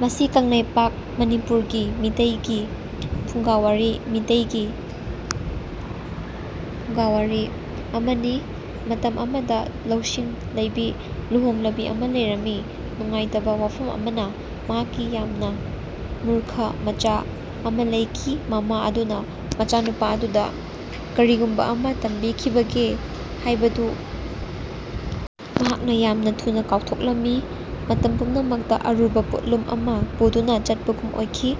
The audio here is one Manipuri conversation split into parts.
ꯃꯁꯤ ꯀꯪꯂꯩꯄꯥꯛ (ꯃꯅꯤꯄꯨꯔ) ꯒꯤ ꯃꯤꯇꯩꯒꯤ ꯐꯨꯡꯒꯥꯋꯥꯔꯤ (ꯃꯩꯇꯩꯒꯤ ꯐꯨꯡꯒꯥꯋꯥꯔꯤ) ꯑꯃꯅꯤ꯫ ꯃꯇꯝ ꯑꯃꯗ ꯂꯧꯁꯤꯡ ꯂꯩꯕꯤ ꯂꯨꯍꯣꯡꯂꯕꯤ ꯑꯃ ꯂꯩꯔꯝꯃꯤ꯫ ꯅꯨꯡꯉꯥꯏꯇꯕ ꯋꯥꯐꯝ ꯑꯃꯅ ꯃꯍꯥꯛꯀꯤ ꯌꯥꯝꯅ ꯃꯨꯔꯈ ꯃꯆꯥ ꯑꯃ ꯂꯩꯈꯤ꯫ ꯃꯃꯥ ꯑꯗꯨꯅ ꯃꯆꯥꯅꯨꯄꯥ ꯑꯗꯨꯗ ꯀꯔꯤꯒꯨꯝꯕ ꯑꯃ ꯇꯝꯕꯤꯈꯤꯕꯒꯦ ꯍꯥꯏꯕꯗꯨ ꯃꯍꯥꯛꯅ ꯌꯥꯝꯅ ꯊꯨꯅ ꯀꯥꯎꯊꯣꯛꯂꯝꯃꯤ꯫ ꯃꯇꯝ ꯄꯨꯝꯅꯃꯛꯇ ꯑꯔꯨꯕ ꯄꯣꯠꯂꯨꯝ ꯑꯃ ꯄꯨꯗꯨꯅ ꯆꯠꯄꯒꯨꯝ ꯑꯣꯏꯈꯤ꯫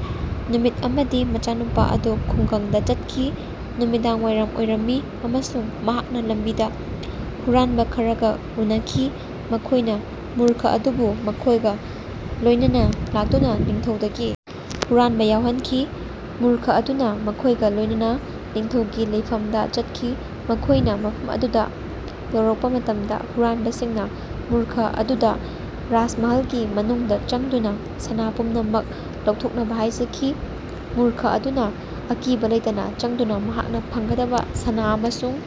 ꯅꯨꯃꯤꯠ ꯑꯃꯗꯤ ꯃꯆꯥꯅꯨꯄꯥ ꯑꯗꯨ ꯈꯨꯡꯒꯪꯗꯥ ꯆꯠꯈꯤ꯫ ꯅꯨꯃꯤꯗꯥꯡꯋꯥꯏꯔꯝ ꯑꯣꯏꯔꯝꯃꯤ ꯑꯃꯁꯨꯡ ꯃꯍꯥꯛꯅ ꯂꯝꯕꯤꯗ ꯍꯨꯔꯥꯟꯕ ꯈꯔꯒ ꯎꯅꯈꯤ꯫ ꯃꯈꯣꯏꯅ ꯃꯨꯔꯈ ꯑꯗꯨꯕꯨ ꯃꯈꯣꯏꯒ ꯂꯣꯏꯅꯅ ꯂꯥꯛꯇꯨꯅ ꯅꯤꯡꯊꯧꯗꯒꯤ ꯍꯨꯔꯥꯟꯕ ꯌꯥꯎꯍꯟꯈꯤ꯫ ꯃꯨꯔꯈ ꯑꯗꯨꯅ ꯃꯈꯣꯏꯒ ꯂꯣꯏꯅꯅ ꯅꯤꯡꯊꯧꯒꯤ ꯂꯩꯐꯝꯗ ꯆꯠꯈꯤ꯫ ꯃꯈꯣꯏꯅ ꯃꯐꯝ ꯑꯗꯨꯗ ꯌꯧꯔꯛꯄ ꯃꯇꯝꯗ ꯍꯨꯔꯥꯟꯕꯁꯤꯡꯅ ꯃꯨꯔꯈ ꯑꯗꯨꯗ ꯔꯥꯖꯃꯍꯜꯒꯤ ꯃꯅꯨꯡꯗ ꯆꯪꯗꯨꯅ ꯁꯅꯥ ꯄꯨꯝꯅꯃꯛ ꯂꯧꯊꯣꯛꯅꯕ ꯍꯥꯏꯖꯈꯤ꯫ ꯃꯨꯔꯈ ꯑꯗꯨꯅ ꯑꯀꯤꯕ ꯂꯩꯇꯅ ꯆꯡꯗꯨꯅ ꯃꯍꯥꯛꯅ ꯐꯪꯒꯗꯕꯥ ꯁꯅꯥ ꯑꯃꯁꯨꯡ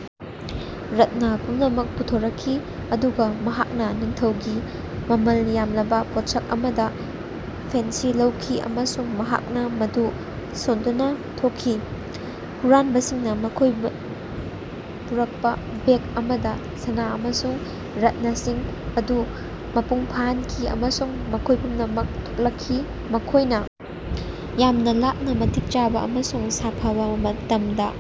ꯔꯠꯅ ꯄꯨꯝꯅꯃꯛ ꯄꯨꯊꯣꯔꯛꯈꯤ꯫ ꯑꯗꯨꯒ ꯃꯍꯥꯛꯅ ꯅꯤꯡꯊꯧꯒꯤ ꯃꯃꯜ ꯌꯥꯝꯂꯕ ꯄꯣꯠꯁꯛ ꯑꯃꯗ ꯐꯦꯟꯁꯤ ꯂꯧꯈꯤ ꯑꯃꯁꯨꯡ ꯃꯍꯥꯛꯅ ꯃꯗꯨ ꯁꯣꯟꯗꯨꯅ ꯊꯣꯛꯈꯤ꯫ ꯍꯨꯔꯥꯟꯕꯁꯤꯡꯅ ꯃꯈꯣꯏꯅ ꯄꯨꯔꯛꯄ ꯕꯦꯒ ꯑꯃꯗ ꯁꯅꯥ ꯑꯃꯁꯨꯡ ꯔꯠꯅꯁꯤꯡ ꯑꯗꯨ ꯃꯄꯨꯡ ꯐꯥꯍꯟꯈꯤ ꯑꯃꯁꯨꯡ ꯃꯈꯣꯏ ꯄꯨꯝꯅꯃꯛ ꯊꯣꯛꯂꯛꯈꯤ꯫ ꯃꯈꯣꯏꯅ ꯌꯥꯝꯅ ꯂꯥꯞꯅ ꯃꯇꯤꯛ ꯆꯥꯕ ꯑꯃꯁꯨꯡ ꯁꯥꯐꯕ ꯃꯇꯝꯗ,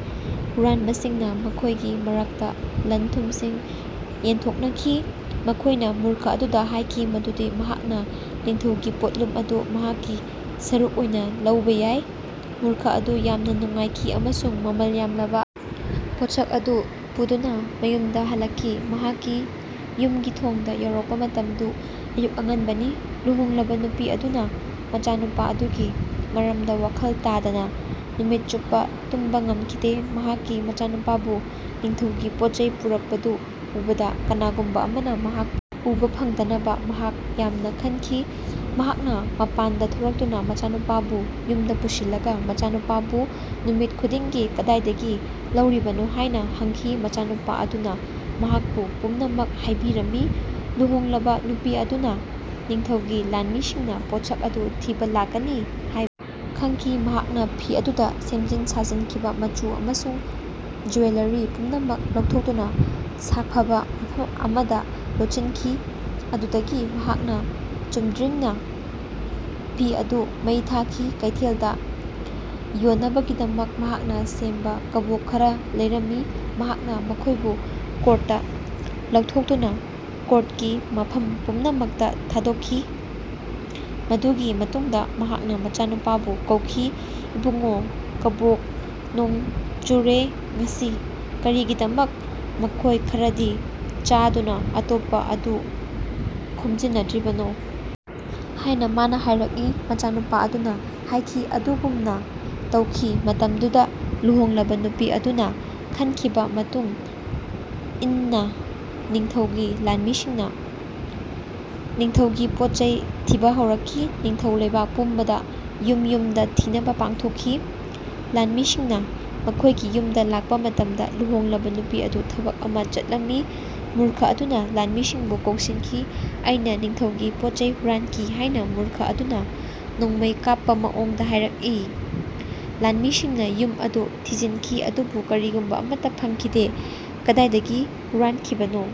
ꯍꯨꯔꯥꯟꯕꯁꯤꯡꯅ ꯃꯈꯣꯏꯒꯤ ꯃꯔꯛꯇ ꯂꯟ-ꯊꯨꯝꯁꯤꯡ ꯌꯦꯟꯊꯣꯛꯅꯈꯤ꯫ ꯃꯈꯣꯏꯅ ꯃꯨꯔꯈ ꯑꯗꯨꯗ ꯍꯥꯏꯈꯤ ꯃꯗꯨꯗꯤ ꯃꯍꯥꯛꯅ ꯅꯤꯡꯊꯧꯒꯤ ꯄꯣꯠꯂꯨꯝ ꯑꯗꯨ ꯃꯍꯥꯛꯀꯤ ꯁꯔꯨꯛ ꯑꯣꯏꯅ ꯂꯧꯕꯥ ꯌꯥꯏ꯫ ꯃꯨꯔꯈ ꯑꯗꯨ ꯌꯥꯝꯅ ꯅꯨꯡꯉꯥꯏꯈꯤ ꯑꯃꯁꯨꯡ ꯃꯃꯜ ꯌꯥꯝꯂꯕ ꯄꯣꯠꯁꯛ ꯑꯗꯨ ꯄꯨꯗꯨꯅ ꯃꯌꯨꯝꯗ ꯍꯜꯂꯛꯈꯤ꯫ ꯃꯍꯥꯛꯀꯤ ꯌꯨꯝꯒꯤ ꯊꯣꯡꯗ ꯌꯧꯔꯛꯄ ꯃꯇꯝꯗꯨ ꯑꯌꯨꯛ ꯑꯉꯟꯕꯅꯤ꯫ ꯂꯨꯍꯣꯡꯂꯕ ꯅꯨꯄꯤ ꯑꯗꯨꯅ ꯃꯆꯥꯅꯨꯄꯥ ꯑꯗꯨꯒꯤ ꯃꯔꯝꯗ ꯋꯥꯈꯜ ꯇꯥꯗꯅ ꯅꯨꯃꯤꯠ ꯆꯨꯞꯄꯥ ꯇꯨꯝꯕ ꯉꯝꯈꯤꯗꯦ꯫ ꯃꯍꯥꯛꯀꯤ ꯃꯆꯥꯅꯨꯄꯥꯕꯨ ꯅꯤꯡꯊꯧꯒꯤ ꯄꯣꯠꯆꯩ ꯄꯨꯔꯛꯄꯗꯨ ꯎꯕꯗ ꯀꯅꯥꯒꯨꯝꯕ ꯑꯃꯅ ꯃꯍꯥꯛꯄꯨ ꯎꯕ ꯐꯪꯗꯅꯕ ꯃꯍꯥꯛ ꯌꯥꯝꯅ ꯈꯟꯈꯤ꯫ ꯃꯍꯥꯛꯅ ꯃꯄꯥꯟꯗ ꯊꯣꯔꯛꯇꯨꯅ ꯃꯆꯥꯅꯨꯄꯥꯕꯨ ꯌꯨꯝꯗ ꯄꯨꯁꯤꯜꯂꯒ ꯃꯆꯥꯅꯨꯄꯥꯕꯨ ꯅꯨꯃꯤꯠ ꯈꯨꯗꯤꯡꯒꯤ ꯀꯗꯥꯏꯗꯒꯤ ꯂꯧꯔꯤꯕꯅꯣ ꯍꯥꯏꯅ ꯍꯪꯈꯤ꯫ ꯃꯆꯥꯅꯨꯄꯥ ꯑꯗꯨꯅ ꯃꯍꯥꯛꯄꯨ ꯄꯨꯝꯅꯃꯛ ꯍꯥꯏꯕꯤꯔꯝꯃꯤ꯫ ꯂꯨꯍꯣꯡꯂꯕ ꯅꯨꯄꯤ ꯑꯗꯨꯅ ꯅꯤꯡꯊꯧꯒꯤ ꯂꯥꯟꯃꯤꯁꯤꯡꯅ ꯄꯣꯠꯁꯛ ꯑꯗꯨ ꯊꯤꯕ ꯂꯥꯛꯀꯅꯤ ꯍꯥꯏꯕ ꯈꯪꯈꯤ꯫ ꯃꯍꯥꯛꯅ ꯐꯤ ꯑꯗꯨꯗ ꯁꯦꯝꯖꯤꯟ ꯁꯥꯖꯤꯟꯈꯤꯕ ꯃꯆꯨ ꯑꯃꯁꯨꯡ ꯖꯨ꯭ꯋꯦꯂꯔꯤ ꯄꯨꯝꯅꯃꯛ ꯂꯧꯊꯣꯛꯇꯨꯅꯥ ꯁꯥꯐꯕ ꯃꯐꯝ ꯑꯃꯗ ꯂꯣꯠꯁꯤꯟꯈꯤ꯫ ꯑꯗꯨꯗꯒꯤ ꯃꯍꯥꯛꯅꯥ ꯆꯨꯝꯗ꯭ꯔꯤꯡꯅ ꯐꯤ ꯑꯗꯨ ꯃꯩ ꯊꯥꯈꯤ꯫ ꯀꯩꯊꯦꯜꯗ ꯌꯣꯟꯅꯕꯒꯤꯗꯃꯛ ꯃꯍꯥꯛꯅ ꯁꯦꯝꯕ ꯀꯕꯣꯛ ꯈꯔ ꯂꯩꯔꯝꯃꯤ꯫ ꯃꯍꯥꯛꯅ ꯃꯈꯣꯏꯕꯨ ꯀꯣꯔꯠꯇꯥ ꯂꯧꯊꯣꯛꯇꯨꯅꯥ ꯀꯣꯔꯠꯀꯤ ꯃꯐꯝ ꯄꯨꯝꯅꯃꯛꯇ ꯊꯥꯗꯣꯛꯈꯤ꯫ ꯃꯗꯨꯒꯤ ꯃꯇꯨꯡꯗ ꯃꯍꯥꯛꯅ ꯃꯆꯥꯅꯨꯄꯥꯕꯨ ꯀꯧꯈꯤ꯫ ꯏꯕꯨꯉꯣ, ꯀꯕꯣꯛ ꯅꯣꯡ ꯆꯨꯔꯦ ꯉꯁꯤ꯫ ꯀꯔꯤꯒꯤꯗꯃꯛ ꯃꯈꯣꯏ ꯈꯔꯗꯤ ꯆꯥꯗꯨꯅ ꯑꯇꯣꯞꯄ ꯑꯗꯨ ꯈꯣꯝꯖꯤꯅꯗ꯭ꯔꯤꯕꯅꯣ? ꯍꯥꯏꯅꯥ ꯃꯥꯅ ꯍꯥꯏꯔꯛꯏ꯫ ꯃꯆꯥꯅꯨꯄꯥ ꯑꯗꯨꯅ ꯍꯥꯏꯈꯤꯕ ꯑꯗꯨꯒꯨꯝꯅ ꯇꯧꯈꯤ꯫ ꯃꯇꯝꯗꯨꯗ ꯂꯨꯍꯣꯡꯂꯕ ꯅꯨꯄꯤ ꯑꯗꯨꯅ ꯈꯟꯈꯤꯕꯥ ꯃꯇꯨꯡ ꯏꯟꯅ ꯅꯤꯡꯊꯧꯒꯤ ꯂꯥꯟꯃꯤꯁꯤꯡꯅ ꯅꯤꯡꯊꯧꯒꯤ ꯄꯣꯠꯆꯩ ꯊꯤꯕꯥ ꯍꯧꯔꯛꯈꯤ꯫ ꯅꯤꯡꯊꯧ ꯂꯩꯕꯥꯛ ꯄꯨꯝꯕꯗ ꯌꯨꯝ-ꯌꯨꯝꯗ ꯊꯤꯅꯕ ꯄꯥꯡꯊꯣꯛꯈꯤ꯫ ꯂꯥꯟꯃꯤꯁꯤꯡꯅ ꯃꯈꯣꯏꯒꯤ ꯌꯨꯝꯗ ꯂꯥꯛꯄ ꯃꯇꯝꯗ ꯂꯨꯍꯣꯡꯂꯕ ꯅꯨꯄꯤ ꯑꯗꯨ ꯊꯕꯛ ꯑꯃ ꯆꯠꯂꯝꯃꯤ꯫ ꯃꯨꯔꯈ ꯑꯗꯨꯅ ꯂꯥꯟꯃꯤꯁꯤꯡꯕꯨ ꯀꯧꯁꯤꯟꯈꯤ꯫ ꯑꯩꯅ ꯅꯤꯡꯊꯧꯒꯤ ꯄꯣꯠꯆꯩ ꯍꯨꯔꯥꯟꯈꯤ ꯍꯥꯏꯅ ꯃꯨꯔꯈ ꯑꯗꯨꯅ ꯅꯣꯡꯃꯩ ꯀꯥꯞꯄ ꯃꯑꯣꯡꯗ ꯍꯥꯏꯔꯀꯏ꯫ ꯂꯥꯟꯃꯤꯁꯤꯡꯅ ꯌꯨꯝ ꯑꯗꯨ ꯊꯤꯖꯤꯟꯈꯤ ꯑꯗꯨꯕꯨ ꯀꯔꯤꯒꯨꯝꯕ ꯑꯃꯠꯇ ꯐꯪꯈꯤꯗꯦ꯫ ꯀꯗꯥꯏꯗꯒꯤ ꯍꯨꯔꯥꯟꯈꯤꯕꯅꯣ?